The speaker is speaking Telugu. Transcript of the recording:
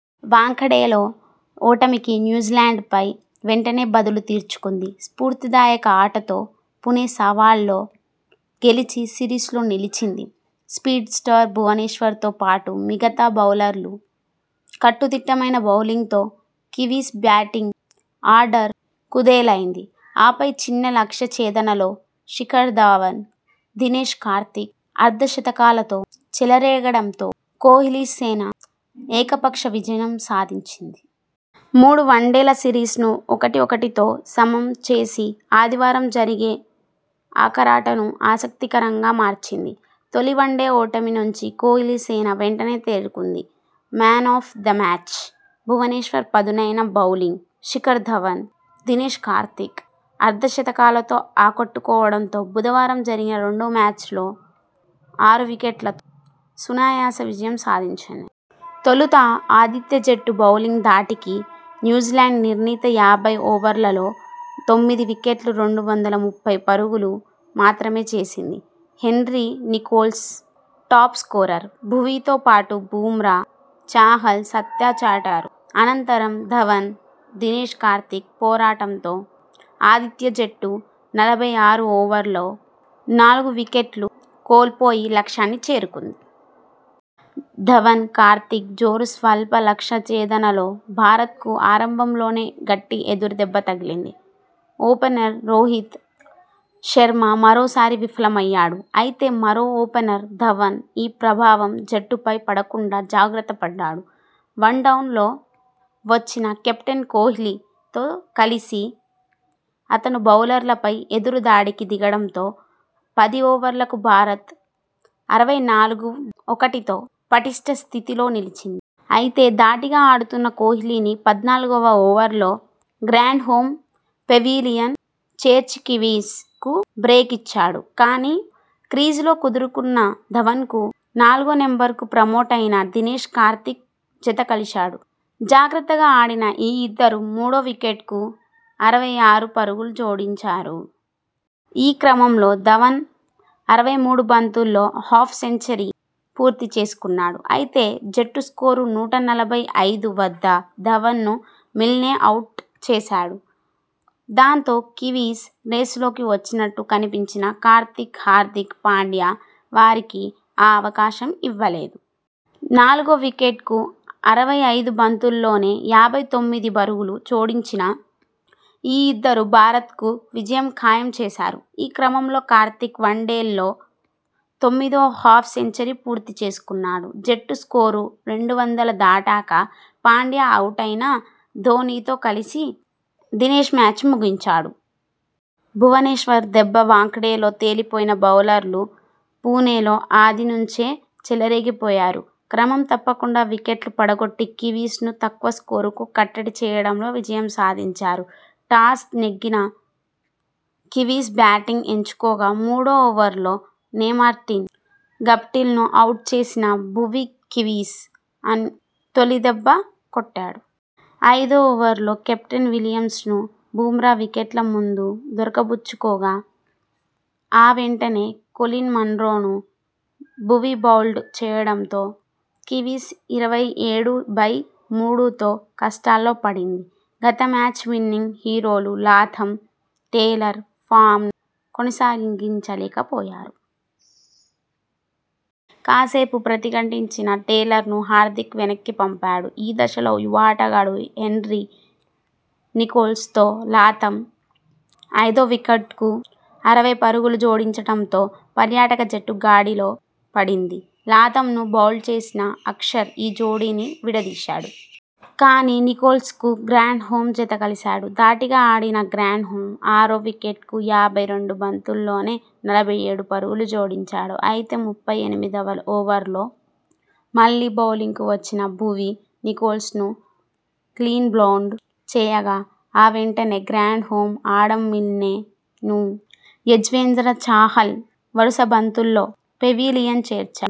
వాంఖడేలో ఓటమికి న్యూజిలాండ్ పై వెంటనే బదులు తీర్చుకుంది. స్పూర్తిదాయక ఆటతో పుణె సవాల్లో గెలిచి సిరీస్ లో నిలిచింది. స్పీడ్ స్టార్ భువనేశ్వర్ తో పాటు మిగతా బౌలర్ల కట్టుదిట్టమైన బౌలింగ్ తో కివీస్ బ్యాటింగ్ ఆర్డర్ కుదేలైంది. ఆపై చిన్న లక్ష్య ఛేదనలో శిఖర్ ధవన్, దినేశ్ కార్తీక్ అర్ధ శతకాలతో చెలరేగడంతో కోహ్లీసేన ఏకపక్ష విజయం సాధించింది. మూడు వన్డేల సిరీస్ ను ఒకటి ఒకటితో సమం చేసి ఆదివారం జరిగే ఆఖరాటను ఆసక్తికరంగా మార్చింది. తొలి వన్డే ఓటమి నుంచి కోహ్లీసేన వెంటనే తేరుకుంది. 'Man of the match' Bhuvneshwar పదునైన బౌలింగ్, శిఖర్ ధవన్, దినేశ్ కార్తీక్ అర్ధ శతకాలతో ఆకట్టుకోవడంతో బుధవారం జరిగిన రెండో మ్యాచ్ లో ఆరు వికెట్లతో సునాయాస విజయం సాధించింది. తొలుత ఆతిథ్య జట్టు బౌలింగ్ ధాటికి న్యూజిలాండ్ నిర్ణీత యాభై ఓవర్లలో తొమ్మిది వికెట్లకు రెండు వందల ముప్పై పరుగులు మాత్రమే చేసింది. Henry Nicholls top scorer. భువీతో పాటు బుమ్రా, చాహల్ సత్తా చాటారు. అనంతరం ధవన్, దినేశ్ కార్తీక్ పోరాటంతో ఆతిథ్య జట్టు నలభై ఆరు ఓవర్లలో నాలుగు వికెట్లు కోల్పోయి లక్ష్యాన్ని చేరుకుంది. ధవన్, కార్తీక్ జోరుస్వల్ప లక్ష్య ఛేదనలో భారత్ కు ఆరంభంలోనే గట్టి ఎదురుదెబ్బ తగిలింది. ఓపెనర్ రోహిత్ శర్మ మరోసారి విఫలమయ్యాడు. అయితే, మరో ఓపెనర్ ధవన్ ఈ ప్రభావం జట్టుపై పడకుండా జాగ్రత్త పడ్డాడు. వన్ డౌన్ లో వచ్చిన కెప్టెన్ కోహ్లీ తో కలిసి అతను బౌలర్లపై ఎదురుదాడికి దిగడంతో పది ఓవర్లకు భారత్ అరవై నాలుగు బై ఒకటితో పటిష్ఠ స్థితిలో నిలిచింది. అయితే, ధాటిగా ఆడుతున్న కోహ్లీని పద్నాలుగువ ఓవర్లో గ్రాండ్ హోమ్ పెవిలియన్ చేర్చి కివీస్ కు బ్రేక్ ఇచ్చాడు. కానీ, క్రీజులో కుదురుకున్న ధవన్కు నాలుగో నెంబర్ కు ప్రమోట్ అయిన దినేశ్ కార్తీక్ జతకలిశాడు. జాగ్రత్తగా ఆడిన ఈ ఇద్దరూ మూడో వికెట్ కు అరవై ఆరు పరుగులు జోడించారు. ఈ క్రమంలో ధవన్ అరవై మూడు బంతుల్లో హాఫ్ సెంచరీ పూర్తి చేసుకున్నాడు. అయితే, జట్టు స్కోరు నూట నలభై ఐదు వద్ద ధవన్ ను మిల్నె అవుట్ చేశాడు. దాంతో, కివీస్ రేసులోకి వచ్చినట్టు కనిపించినా కార్తీక్, హార్దిక్ పాండ్యా వారికి ఆ అవకాశం ఇవ్వలేదు. నాలుగో వికెట్ కు అరవై ఐదు బంతుల్లోనే యాభై తొమ్మిది పరుగులు జోడించిన ఈ ఇద్దరు భారత్ కు విజయం ఖాయం చేశారు. ఈ క్రమంలో కార్తీక్ వన్డేల్లో తొమ్మిదో హాఫ్ సెంచరీ పూర్తి చేసుకున్నాడు. జట్టు స్కోరు రెండు వందల దాటాక పాండ్యా అవుటైనా ధోనీ తో కలిసి దినేశ్ మ్యాచ్ను ముగించాడు. భువనేశ్వర్ దెబ్బవాంఖడేలో తేలిపోయిన బౌలర్లు పుణెలో ఆది నుంచే చెలరేగిపోయారు. క్రమం తప్పకుండా వికెట్లు పడగొట్టి కివీస్ ను తక్కువ స్కోరుకు కట్టడి చేయడంలో విజయం సాధించారు. టాస్ నెగ్గిన కివీస్ బ్యాటింగ్ ఎంచుకోగా మూడో ఓవర్లో నేమార్టిన్ గప్టిల్ ను అవుట్ చేసిన భువీ కివీస్ ను తొలి దెబ్బ కొట్టాడు. ఐదో ఓవర్లో కెప్టెన్ విలియమ్సన్ ను బుమ్రా వికెట్ల ముందు దొరకబుచ్చుకోగా ఆ వెంటనే కొలిన్ మన్రో ను భువీ బౌల్డ్ చేయడంతో కివీస్ ఇరవై ఏడు బై మూడుతో కష్టాల్లో పడింది. గత మ్యాచ్ విన్నింగ్ హీరోలు లాథమ్, టేలర్ ఫామ్ ను కొనసాగించలేకపోయారు. కాసేపు ప్రతిఘటిం చిన టేలర్ ను హార్దిక్ వెనక్కి పంపాడు. ఈ దశలో యువ ఆటగాడు హెన్రీ నికోల్స్ తో లాథమ్ ఐదో వికెట్ కు అరవై పరుగులు జోడించడంతో పర్యాటక జట్టు గాడిలో పడింది. లాథమ్ ను బౌల్డ్ చేసిన అక్షర్ ఈ జోడీని విడదీశాడు. కానీ, నికోల్స్ కు గ్రాండ్ హోమ్ జతకలిశాడు. ధాటిగా ఆడిన గ్రాండ్ హోమ్ ఆరో వికెట్ కు యాభై రెండు బంతుల్లోనే నలభై ఏడు పరుగులు జోడించాడు. అయితే ముప్పై ఎనిమిదివ ఓవర్లో మళ్లీ బౌలింగ్ కు వచ్చిన భువీ, నికోల్స్ ను క్లీన్బౌల్డ్ చేయగా ఆ వెంటనే, గ్రాండ్ హోమ్, ఆడమ్ మిల్నె ను యజ్వేంద్ర చాహల్ వరుస బంతుల్లో పెవిలియన్ చేర్చాడు.